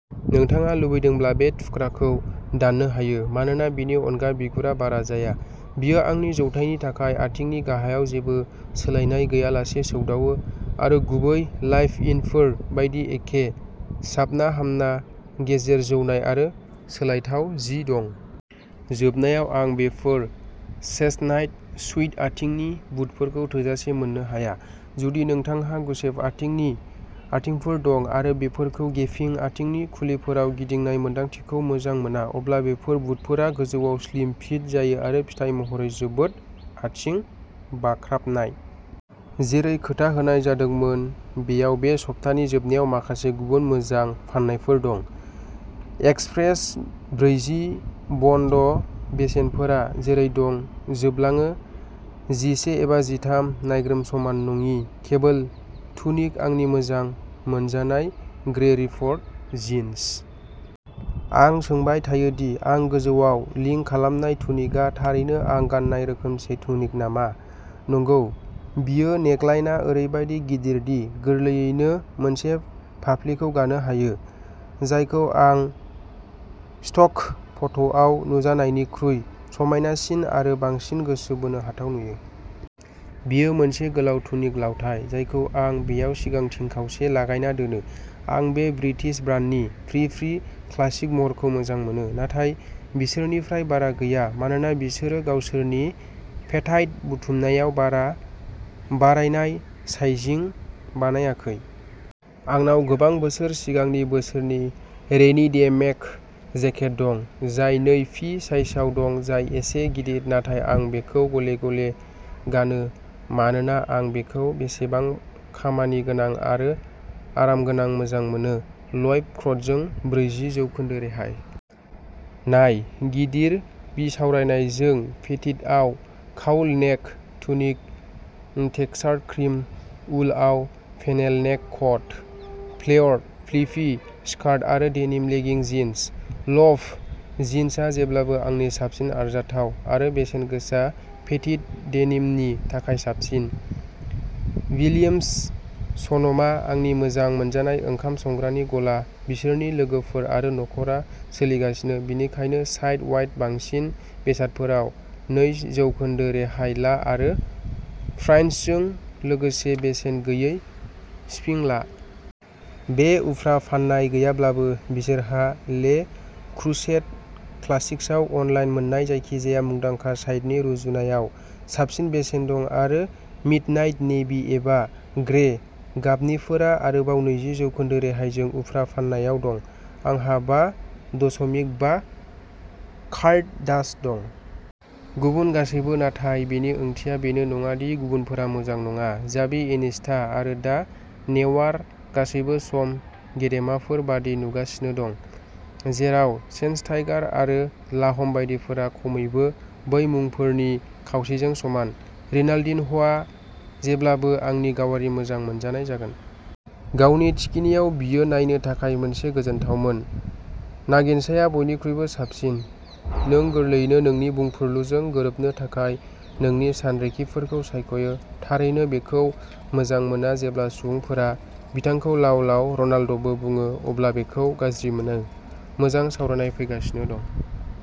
नोंथाङा लुबैदोंब्ला बे थुख्राखौ दाननो हायो, मानोना बेनि अनगा बिगुरा बारा जाया। बेयो आंनि जौथायनि थाखाय आथिंनि गाहायाव जेबो सोलायनाय गैयालासे सौदावो, आरो गुबै लाइभ-इनफोर बायदि एखे साबनाहामना गेजेर जौनाय आरो सोलायथाव जि दं। जोबनायाव, आं बेफोर चेस्टनाट सुइड आथिंनि बुटफोरखौ थोजासे मोननो हाया। जुदि नोंथांहा गुसेब आथिंनि आथिंफोर दं आरो बेफोरखौ गेपिं आथिंनि खुलिफोराव गिदिंनाय मोन्दांथिखौ मोजां मोना, अब्ला बेफोर बुटफोरा गोजौआव स्लिम फिट जायो आरो फिथाय महरै जोबोद आथिं-बाख्राबनाय। जेरै खोथा होनाय जादोंमोन, बेयाव बे सप्तानि जोबनायाव माखासे गुबुन मोजां फान्नायफोर दं एक्सप्रेस ब्रैजि बन्द, बेसेनफोरा जेरै दं। जोबलाङो जिसे एबा जिथाम। नायग्रोम समान नङि केबल टुनिक, आंनि मोजां मोनजानाय ग्रे रिप्ड जिन्स। आं सोंबाय थायो दि आं गोजौआव लिंक खालामनाय टुनिकआ थारैनो आं गान्नाय रोखोमसे टुनिक नामा नंगौ, बेयो नेकलाइनआ ओरैबायदि गिदिर दि गोरलैयैनो मोनसे फाफ्लिखौ गानो हायो, जायखौ आं स्ट'क फट'आव नुजानायनिख्रुइ समायनासिन आरो बांसिन गोसो बोनो हाथाव नुयो। बेयो मोनसे गोलाव टुनिक लावथाइ जायखौ आं बेयाव सिगांथिं खावसे-लागायना दोनो। आं बे ब्रिटिश ब्रान्डनि प्रिपि क्लासिक महरखौ मोजां मोनो, नाथाय बिसोरनिफ्राय बारा गैया मानोना बिसोरो गावसोरनि पेटाइट बुथुमनायाव बारा बारायनाय साइजिं बानायाखै। आंनाव गोबां बोसोर सिगांनि बिसोरनि रेनि डे मेक जेकेट दं, जाय नै पि साइजआव दं, जाय एसे गिदिर, नाथाय आं बेखौ गले-गले गानो मानोना आं बेखौ बेसेबां खामानिगोनां आरो आरामगोनां मोजां मोनो। लफ्ट-क'डजों ब्रैजि जौखोन्दो रेहाय। नाय गिदिर बिसावरायनायजों पेटिटआव cowl neck tunic, textured cream उलआव funnel neck cut, flared flippy skirt आरो डेनिम लेगिं जिन्स। लफ्ट जिन्सआ जेब्लाबो आंनि साबसिन आरजाथाव आरो बेसेनगोसा पेटिट डेनिमनि थाखाय साबसिन। विलियम्स सन'मा-आंनि मोजां मोनजानाय ओंखाम संग्रानि गला बिसोरनि लोगोफोर आरो नखरा सोलिगासिनो, बेनिखायनो साइट-वाइड बांसिन बेसादफोराव नैज् जौखोन्दो रेहाय ला आरो फ्राइन्डसजों लोगोसे बेसेन गैयै शिपिं ला। बे उफ्रा फान्नाय गैयाब्लाबो, बिसोरहा ले क्रुसेट क्लासिक्सआव अनलाइन मोन्नाय जायखिजाया मुंदांखा साइटनि रुजुनायाव साबसिन बेसेन दं आरो मिडनाइट नेभि एबा ग्रे गाबनिफोरा आरोबाव नैजि जौखोन्दो रेहायजों उफ्रा फान्नायाव दं। आंहा बा दशमिक बा क्वार्ट डाच दं। गुबुन गासैबो; नाथाय बेनि ओंथिया बेनो नङा दि गुबुनफोरा मोजां नङा। जाभि, इनिएस्टा आरो दा नेउयार गासैबो सम गेदेमाफोर बायदि नुगासिनो दं। जेराव श्वेनस्टाइगार आरो लाहम बायदिफोरा खमैबो बै मुंफोरनि खावसेजों समान। रनाल्डिनह'आ जेब्लाबो आंनि गावारि मोजां मोनजानाय जागोन। गावनि थिखिनियाव बियो नायनो थाखाय मोनसे गोजोनथावमोन। गारिनचाया बयनिख्रुइ साबसिन। नों गोरलैयैनो नोंनि बुंफुरलुजों गोरोबनो थाखाय नोंनि सानरिखिफोरखौ सायख'यो। थारैनो बेखौ मोजां मोना, जेब्ला सुबुंफोरा बिथांखौ'लाव-लाव'रनाल्ड'बो बुङो अब्ला बेखौ गाज्रि मोनो। मोजां सावरायनाय फैगासिनो दं।